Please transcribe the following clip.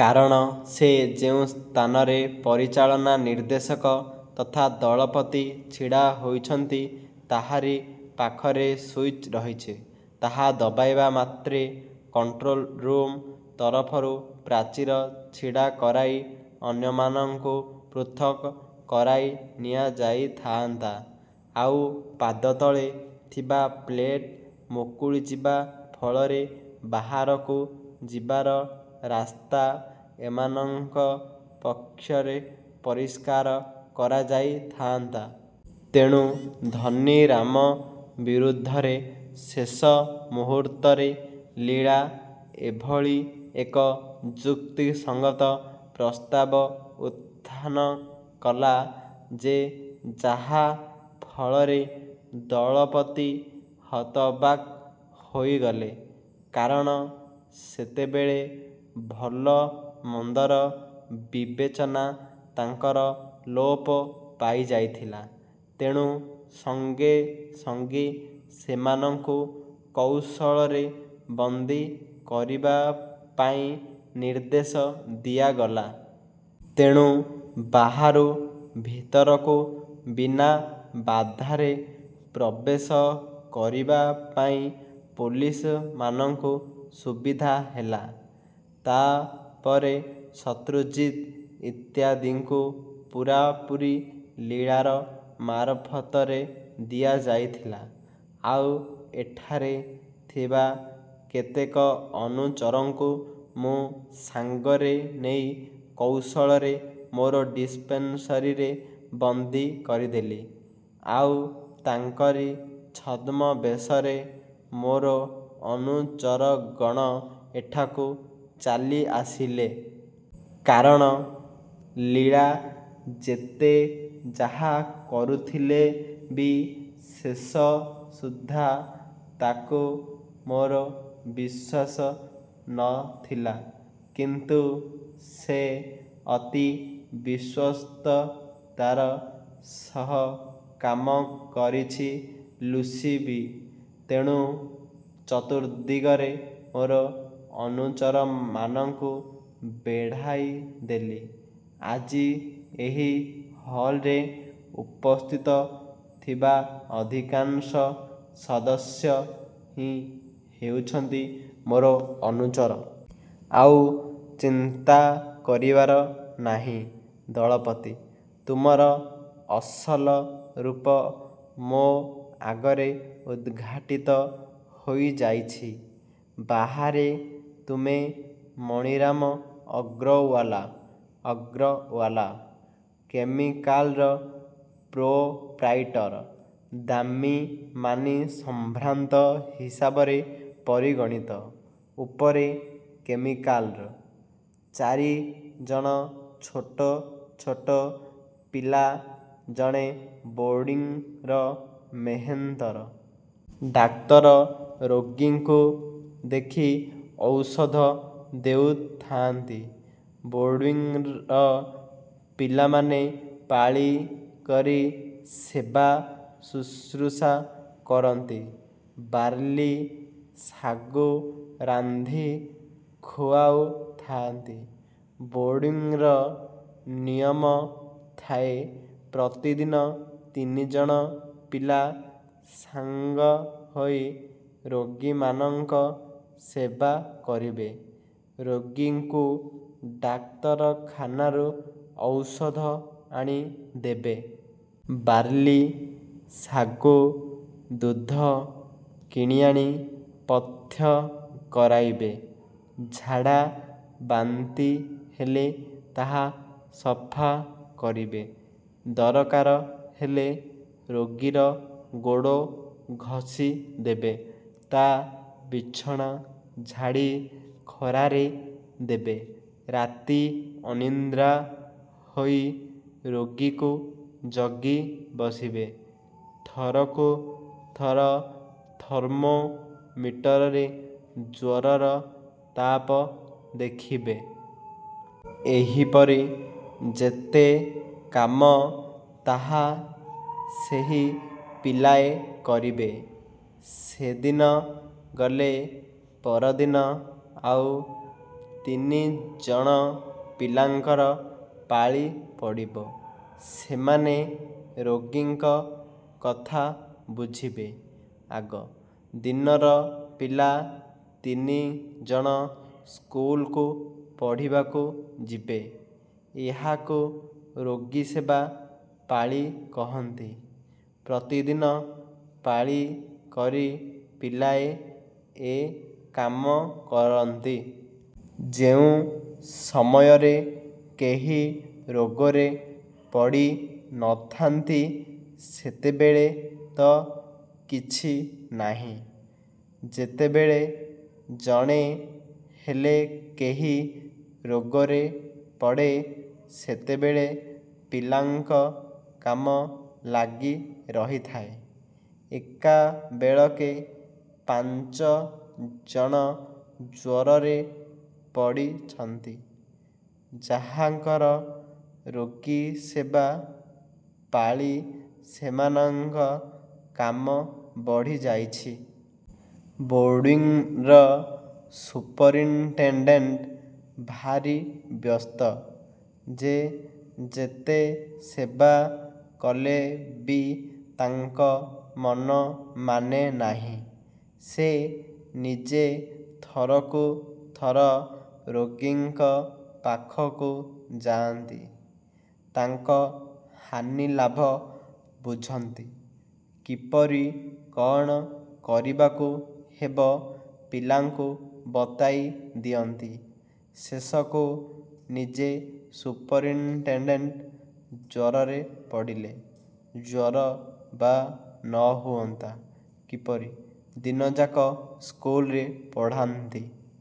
କାରଣ ସେ ଯେଉଁ ସ୍ଥାନରେ ପରିଚାଳନା ନିର୍ଦ୍ଦେଶକ ତଥା ଦଳପତି ଛିଡ଼ା ହୋଇଛନ୍ତି ତାହାରି ପାଖରେ ସୁଇଚ୍ ରହିଛି। ତାହା ଦବାଇବା ମାତ୍ରେ କଣ୍ଟ୍ରୋଲ୍ ରୁମ୍ ତରଫରୁ ପ୍ରାଚୀର ଛିଡ଼ା କରାଇ ଅନ୍ୟମାନଙ୍କୁ ପୃଥକ୍ କରାଇ ନିଆଯାଇଥାଆନ୍ତା। ଆଉ ପାଦତଳେ ଥିବା ପ୍ଲେଟ୍ ମୁକୁଳିଯିବା ଫଳରେ ବାହାରକୁ ଯିବାର ରାସ୍ତା ଏମାନଙ୍କ ପକ୍ଷରେ ପରିଷ୍କାର କରାଯାଇଥାଆନ୍ତା। ତେଣୁ ଧନୀରାମ ବିରୁଦ୍ଧରେ ଶେଷ ମୁହୂର୍ତ୍ତରେ ଲୀଳା ଏଭଳି ଏକ ଯୁକ୍ତିସଙ୍ଗତ ପ୍ରସ୍ତାବ ଉତ୍ଥାନ କଲା ଯେ ଯାହା ଫଳରେ ଦଳପତି ହତବାକ୍ ହୋଇଗଲେ। କାରଣ ସେତେବେଳେ ଭଲ ମନ୍ଦର ବିବେଚନା ତାଙ୍କର ଲୋପ ପାଇଯାଇଥିଲା। ତେଣୁ ସଙ୍ଗେ ସଙ୍ଗେ ସେମାନଙ୍କୁ କୌଶଳରେ ବନ୍ଦୀ କରିବା ପାଇଁ ନିର୍ଦ୍ଦେଶ ଦିଆଗଲା। ତେଣୁ ବାହାରୁ ଭିତରକୁ ବିନା ବାଧାରେ ପ୍ରବେଶ କରିବା ପାଇଁ ପୋଲିସମାନଙ୍କୁ ସୁବିଧା ହେଲା। ତା’ ପରେ ଶତ୍ରୁଜିତ୍ ଇତ୍ୟାଦିଙ୍କୁ ପୂରାପୂରି ଲୀଳାର ମାରଫତରେ ଦିଆଯାଇଥିଲା। ଆଉ ଏଠାରେ ଥିବା କେତେକ ଅନୁଚରଙ୍କୁ ମୁଁ ସାଙ୍ଗରେ ନେଇ କୌଶଳରେ ମୋର ଡିସପେନ୍ସରୀରେ ବନ୍ଦୀ କରିଦେଲି। ଆଉ ତାଙ୍କରି ଛଦ୍ମବେଶରେ ମୋର ଅନୁଚରଗଣ ଏଠାକୁ ଚାଲିଆସିଲେ। କାରଣ ଲୀଳା ଯେତେ ଯାହା କରୁଥିଲେ ବି ଶେଷ ସୁଦ୍ଧା ତାକୁ ମୋର ବିଶ୍ୱାସ ନ ଥିଲା। କିନ୍ତୁ ସେ ଅତି ବିଶ୍ୱସ୍ତତାର ସହ କାମ କରିଛି ଲୁସି ବି। ତେଣୁ ଚତୁର୍ଦ୍ଦିଗରେ ମୋର ଅନୁଚରମାନଙ୍କୁ ବେଢ଼ାଇ ଦେଲି। ଆଜି ଏହି ହଲ୍‌ରେ ଉପସ୍ଥିତ ଥିବା ଅଧିକାଂଶ ସଦସ୍ୟ ହିଁ ହେଉଛନ୍ତି ମୋର ଅନୁଚର। ଆଉ ଚିନ୍ତା କରିବାର ନାହିଁ ଦଳପତି। ତୁମର ଅସଲ ରୂପ ମୋ ଆଗରେ ଉଦ୍‌ଘାଟିତ ହୋଇଯାଇଛି। ବାହାରେ ତୁମେ ମଣିରାମ ଅଗ୍ରୱାଲା ଅଗ୍ରୱାଲା କେମିକାଲ୍‌ର ପ୍ରୋପ୍ରାଇଟର। ଦାମୀ ମାନୀ ସମ୍ଭ୍ରାନ୍ତ ହିସାବରେ ପରିଗଣିତ। ଉପରେ କେମିକାଲ୍‌ର। ଚାରି ଜଣ ଛୋଟ ଛୋଟ ପିଲା ଜଣେ ବୋର୍ଡିଂର ମେହେନ୍ତର। ଡାକ୍ତର ରୋଗୀଙ୍କୁ ଦେଖି ଔଷଧ ଦେଉଥାଆନ୍ତି। ବୋର୍ଡିଂର ପିଲାମାନେ ପାଳି କରି ସେବା ଶୁଶ୍ରୂଷା କରନ୍ତି ବାର୍ଲି ସାଗୁ ରାନ୍ଧି ଖୁଆଉଥାଆନ୍ତି। ବୋର୍ଡିଂର ନିୟମ ଥାଏ ପ୍ରତିଦିନ ତିନି ଜଣ ପିଲା ସାଙ୍ଗ ହୋଇ ରୋଗୀମାନଙ୍କ ସେବା କରିବେ। ରୋଗୀଙ୍କୁ ଡାକ୍ତରଖାନାରୁ ଔଷଧ ଆଣି ଦେବେ। ବାର୍ଲି ସାଗୁ ଦୁଧ କିଣିଆଣି ପଥ୍ୟ କରାଇବେ। ଝାଡ଼ା ବାନ୍ତି ହେଲେ ତାହା ସଫା କରିବେ। ଦରକାର ହେଲେ ରୋଗୀର ଗୋଡ଼ ଘଷି ଦେବେ ତା’ ବିଛଣା ଝାଡ଼ି ଖରାରେ ଦେବେ ରାତି ଅନିନ୍ଦ୍ରା ହୋଇ ରୋଗୀକୁ ଜଗି ବସିବେ ଥରକୁ ଥର ଥର୍ମୋମିଟରରେ ଜ୍ୱରର ତାପ ଦେଖିବେ। ଏହିପରି ଯେତେ କାମ ତାହା ସେହି ପିଲାଏ କରିବେ। ସେଦିନ ଗଲେ ପରଦିନ ଆଉ ତିନି ଜଣ ପିଲାଙ୍କର ପାଳି ପଡ଼ିବ। ସେମାନେ ରୋଗୀଙ୍କ କଥା ବୁଝିବେ ଆଗ ଦିନର ପିଲା ତିନି ଜଣ ସ୍କୁଲକୁ ପଢ଼ିବାକୁ ଯିବେ। ଏହାକୁ ରୋଗୀସେବା ପାଳି କହନ୍ତି। ପ୍ରତିଦିନ ପାଳି କରି ପିଲାଏ ଏ କାମ କରନ୍ତି। ଯେଉଁ ସମୟରେ କେହି ରୋଗରେ ପଡ଼ି ନ ଥାନ୍ତି ସେତେବେଳେ ତ କିଛି ନାହିଁ। ଯେତେବେଳେ ଜଣେ ହେଲେ କେହି ରୋଗରେ ପଡ଼େ ସେତେବେଳେ ପିଲାଙ୍କ କାମ ଲାଗି ରହିଥାଏ। ଏକାବେଳକେ ପାଞ୍ଚ ଜଣ ଜ୍ୱରରେ ପଡ଼ିଛନ୍ତି। ଯାହାଙ୍କର ରୋଗୀସେବା ପାଳି ସେମାନଙ୍କ କାମ ବଢ଼ିଯାଇଛି। ବୋର୍ଡିଂର ସୁପରିଣ୍ଟେଣ୍ଡେଣ୍ଟ ଭାରି ବ୍ୟସ୍ତ। ଯେ ଯେତେ ସେବା କଲେ ବି ତାଙ୍କ ମନ ମାନେ ନାହିଁ। ସେ ନିଜେ ଥରକୁ ଥର ରୋଗୀଙ୍କ ପାଖକୁ ଯାଆନ୍ତି। ତାଙ୍କ ହାନିଲାଭ ବୁଝନ୍ତି। କିପରି କ’ଣ କରିବାକୁ ହେବ ପିଲାଙ୍କୁ ବତାଇ ଦିଅନ୍ତି। ଶେଷକୁ ନିଜେ ସୁପରିଣ୍ଟେଣ୍ଡେଣ୍ଟ ଜ୍ୱରରେ ପଡ଼ିଲେ। ଜ୍ୱର ବା ନ ହୁଅନ୍ତା କିପରି? ଦିନଯାକ ସ୍କୁଲରେ ପଢ଼ାନ୍ତି।